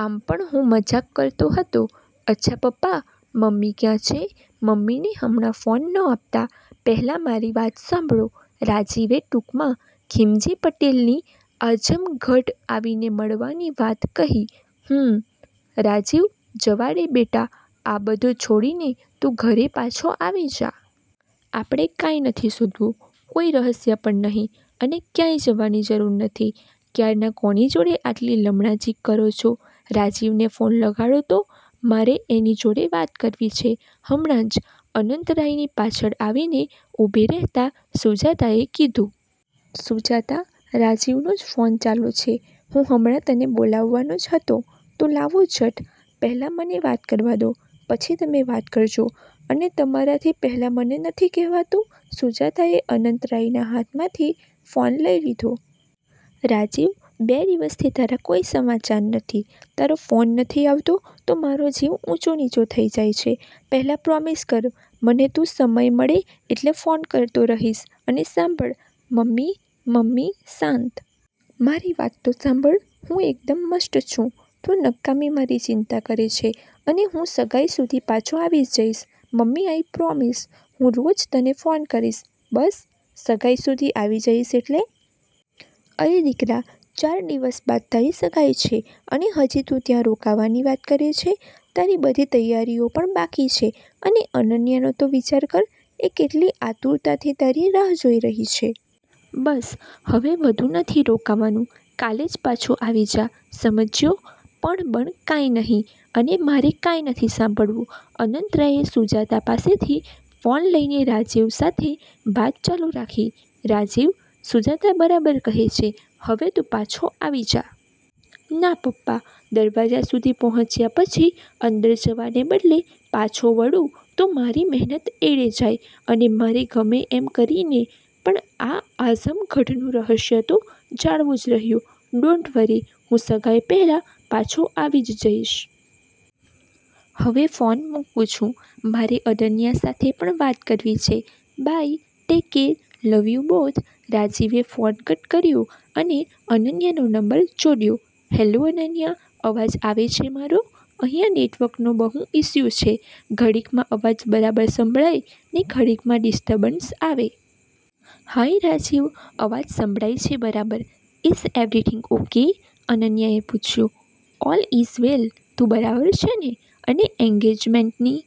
આમ પણ હું મજાક કરતો હતો. "અચ્છા પપ્પા, મમ્મી ક્યાં છે? મમ્મીને હમણાં ફોન ન આપતા પહેલા મારી વાત સાંભળો." રાજીવે ટૂંકમાં ખીમજી પટેલની આઝમગઢ આવીને મળવાની વાત કહી. "હમ્મ રાજીવ, જવા દે બેટા, આ બધું છોડીને તું ઘરે પાછો આવી જા. આપણે કાંઈ નથી શોધવું, કોઈ રહસ્ય પણ નહીં અને ક્યાંય જવાની જરૂર નથી." "ક્યારના કોની જોડે આટલી લમણાઝીંક કરો છો? રાજીવને ફોન લગાડો તો મારે એની જોડે વાત કરવી છે. હમણાં જ," અનંતરાયની પાછળ આવીને ઊભી રહેતા સુજાતાએ કીધું. "સુજાતા, રાજીવનો જ ફોન ચાલુ છે, હું હમણાં તને બોલાવવાનો જ હતો." "તો લાવો ઝટ, પહેલાં મને વાત કરવા દો પછી તમે વાત કરજો અને તમારાથી પહેલા મને નથી કહેવાતું?" સુજાતાએ અનંતરાયના હાથમાંથી ફોન લઈ લીધો. "રાજીવ, બે દિવસથી તારા કોઈ સમાચાર નથી, તારો ફોન નથી આવતો તો મારો જીવ ઊંચો નીચો થઈ જાય છે. પહેલાં પ્રોમિસ કર મને તું સમય મળે એટલે ફોન કરતો રહીશ, અને સાંભળ." "મમ્મી, મમ્મી શાંત. મારી વાત તો સાંભળ. હું એકદમ મસ્ત છું, તું નકામી મારી ચિંતા કરે છે, અને હું સગાઈ સુધી પાછો આવી જઈશ. મમ્મી આઈ પ્રોમિસ, હું રોજ તને ફોન કરીશ, બસ." "સગાઈ સુધી આવી જઈશ એટલે? અરે દીકરા, ચાર દિવસ બાદ તારી સગાઈ છે અને હજી તું ત્યાં રોકાવાની વાત કરે છે. તારી બધી તૈયારીઓ પણ બાકી છે અને અનન્યાનો તો વિચાર કર, એ કેટલી આતુરતાથી તારી રાહ જોઈ રહી છે. બસ હવે વધુ નથી રોકાવાનું, કાલે જ પાછો આવી જા, સમજ્યો?" "પણ-બણ કાંઈ નહિ અને મારે કાંઈ નથી સાંભળવું," અનંતરાયે સુજાતા પાસેથી ફોન લઈને રાજીવ સાથે વાત ચાલુ રાખી. "રાજીવ, સુજાતા બરાબર કહે છે, હવે તું પાછો આવી જા." "ના પપ્પા, દરવાજા સુધી પહોંચ્યા પછી અંદર જવાને બદલે પાછો વળું તો મારી મહેનત એળે જાય, અને મારે ગમે એમ કરીને પણ આ આઝમગઢનું રહસ્ય તો જાણવું જ રહ્યું. ડોન્ટ વરી, હું સગાઈ પહેલા પાછો આવી જ જઈશ. હવે ફોન મૂકું છું, મારે અનન્યા સાથે પણ વાત કરવી છે. Bye, take care, love you both." રાજીવે ફોન કટ કર્યો અને અનન્યાનો નંબર જોડ્યો. "હેલ્લો, અનન્યા, અવાજ આવે છે મારો? અહીંયા નેટવર્કનો બહુ ઇસ્યુ છે, ઘડીકમાં અવાજ બરાબર સંભળાય ને ઘડીકમાં ડિસ્ટર્બન્સ આવે." "હાય રાજીવ, અવાજ સંભળાય છે બરાબર. Is everything okay?" અનન્યાએ પૂછ્યું. "ઓલ ઇઝ વેલ, તું બરાબર છે ને? અને એંગેજમેન્ટની